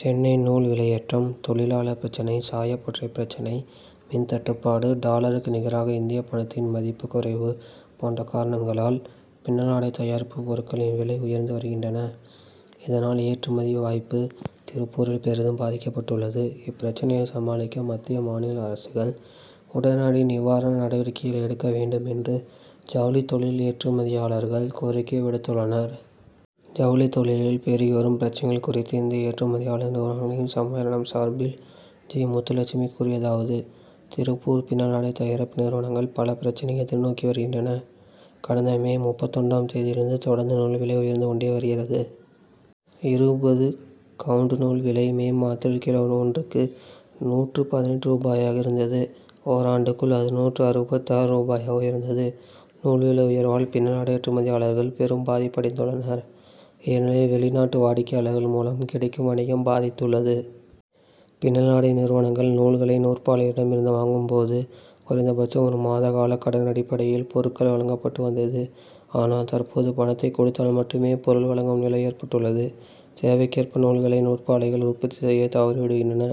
சென்னை நூல் விலையேற்றம், தொழிலாளர் பிரச்னை, சாயப்பட்டறை பிரச்னை, மின் தட்டுப்பாடு, டாலருக்கு நிகராக இந்தியப் பணத்தின் மதிப்பு குறைவு போன்ற காரணங்களால், பின்னலாடை தயாரிப்பு பொருட்களின் விலை உயர்ந்து வருகின்றன. இதனால், ஏற்றுமதி வாய்ப்பு, திருப்பூரில் பெரிதும் பாதிக்கப்பட்டுள்ளது. இப்பிரச்னைகளை சமாளிக்க மத்திய, மாநில அரசுகள் உடனடி நிவாரண நடவடிக்கைகளை எடுக்க வேண்டும் என்று, ஜவுளித் தொழில் ஏற்றுமதியாளர் கள் கோரிக்கை விடுத்துள்ளனர். ஜவுளித் தொழிலில் பெருகி வரும் பிரச்னைகள் குறித்து, இந்திய ஏற்றுமதியாளர் நிறுவனங்களின் சம் மேளனம் சார்பில் ஜி. முத்துலட்சுமி கூறியதாவது: திருப்பூர் பின்னலாடை தயாரிப்பு நிறுவனங்கள், பல பிரச்னைகளை எதிர் நோக்கி வருகின்றன. கடந்த, மே முப்பத்தொன்றாம் தேதியிலிருந்து தொடர்ந்து நூல் விலை உயர்ந்து கொண்டே வருகிறது. இருபது கவுண்ட் நூல் விலை, மே மாதத்தில் கிலோ ஒன்றுக்கு, நூற்று பதினெட்டு ரூபாயாக இருந்தது. ஓராண்டுக்குள் அது, நூற்று அறுபத்தாறு ரூபாயாக உயர்ந்தது. நூல் விலை உயர்வால், பின்னலாடை ஏற்றுமதியாளர்கள் பெரும் பாதிப்படைந்துள் ளனர். ஏனெனில், வெளிநாட்டு வாடிக்கையாளர் கள் மூலம் கிடைக்கும் வணிகம் பாதித்துள்ளது. பின்னலாடை நிறுவனங்கள் நூல்களை நூற்பாலைகளிடம் இருந்து வாங் கும்போது, குறைந்த பட்சம் ஒரு மாதகால கடன் அடிப்படையில் பொருட் கள் வழங்கப்பட்டு வந்தது. ஆனால் தற்போது, பணத்தை கொடுத்தால் மட்டுமே பொருள் வழங் கும் நிலை ஏற்பட்டுள்ளது. தேவைக்கு ஏற்ப நூல்களை நூற்பாலைகள் உற்பத்தி செய்யத் தவறிவிடுகின்றன.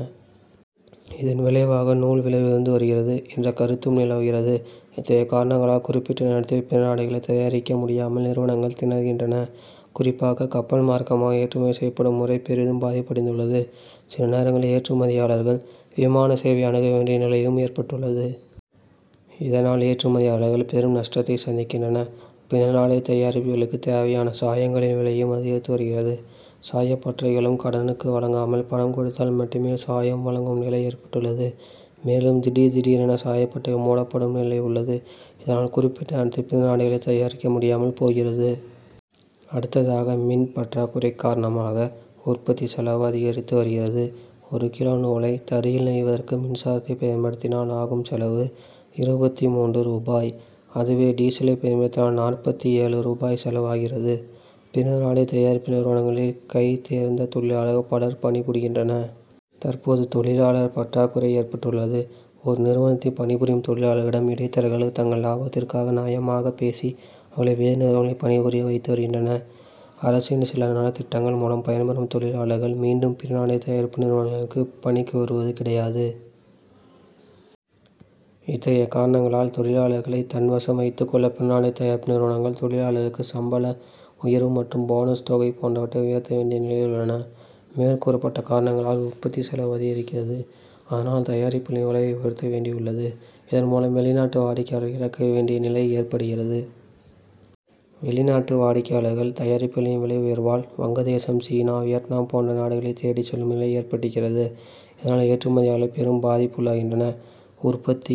இதன் விளைவாக, நூல் விலை உயர்ந்து வருகிறது என்ற கருத்தும் நிலவுகிறது. இத்தகைய காரணங் களால் குறிப்பிட்ட நேரத் தில் பின்னலாடைகளை தயாரிக்க முடியாமல் நிறுவனங்கள் திணறுகின்றன. குறிப்பாக, கப்பல் மார்க்கமாக ஏற்றுமதி செய்யப்படும் முறை பெரிதும் பாதிப்பு அடைந்துள்ளது. சில நேரங்களில் ஏற்றுமதியாளர்கள் விமான சேவையை அணுக வேண் டிய நிலையும் ஏற்பட் டுள்ளது. இதனால் ஏற்றுமதியாளர்கள் பெரும் நஷ் டத்தை சந்திக்கின்றனர். பின்னலாடை தயாரிப்புகளுக்குத் தேவையான சாயங்களின் விலையும் அதிகரித்து வருகிறது. சாயப்பட்டறைகளும் கடனுக்கு வழங்காமல் பணம் கொடுத்தால் மட்டுமே சாயம் வழங்கும் நிலை ஏற்பட்டுள்ளது. மேலும், திடீர் திடீரென்று சாயப்பட்டறைகள் மூடப்படும் நிலை உள் ளது. இதனால் குறிப்பிட்ட நேரத்தில் பின்னலாடைகளை தயாரிக்க முடியாமல் போகிறது. அடுத்ததாக, மின் பற் றாக்குறை காரணமாக உற் பத்தி செலவு அதிகரித்து வருகிறது. ஒரு கிலோ நூலை, தறியில் நெய்வதற்கு மின்சாரத்தைப் பயன்படுத்தினால் ஆகும் செலவு இருபத்து மூன்று ரூபாய். அதுவே, டீசலை பயன்படுத்தினால் நாற்பத்து ஏழு ரூபாய் செலவு ஆகிறது. பின்னலாடை தயாரிப்பு நிறுவனங்களில் கை தேர்ந்த தொழிலாளர்கள் பலர் பணிபுரிகின்றனர். தற்போது தொழிலாளர் பற்றாக் குறை ஏற்பட்டுள்ளது. ஒரு நிறுவனத்தில் பணிபுரியும் தொழிலாளர்களிடம் இடைத்தரகர்கள் தங்கள் லாபத் திற்காக நயமாகப் பேசி அவர்களை வேறு நிறுவனங்களில் பணிபுரிய வைத்து வருகின்றனர். அரசின் சில நலத் திட்டங்கள் மூலம் பயன் பெறும் தொழிலாளர்கள், மீண்டும் பின்னலாடை தயாரிப்பு நிறுவனங்களுக் குப் பணிக்கு வருவது கிடையாது. இத்தகைய காரணங்களால், தொழிலாளர் களை தன் வசம் வைத்துக் கொள்ள பின்னலாடைத் தயாரிப்பு நிறுவனங்கள், தொழிலாளர்களுக்கு சம்பள உயர்வு மற்றும் போனஸ் தொகை போன்றவற்றை உயர்த்த வேண்டிய நிலையில் உள்ளன. மேற்கூறப்பட்ட காரணங்களால் உற்பத்தி செலவு அதிகரிக்கிறது. அதனால், தயாரிப்புகளின் விலையை உயர்த்த வேண்டியுள்ளது. இதன் மூலம் வெளிநாட்டு வாடிக் கையாளர்களை இழக்க வேண்டிய நிலை ஏற்படுகிறது. வெளிநாட்டு வாடிக்கையாளர்கள், தயாரிப்புகளின் விலை உயர்வால், வங்கதேசம், சீனா, வியட்நாம் போன்ற நாடுகளைத் தேடிச் செல்லும் நிலை ஏற்பட்டிருக்கிறது. இதனால், ஏற்றுமதியாளர்கள் பெரும் பாதிப்புக்குள்ளாகின்றனர். உற்பத்தி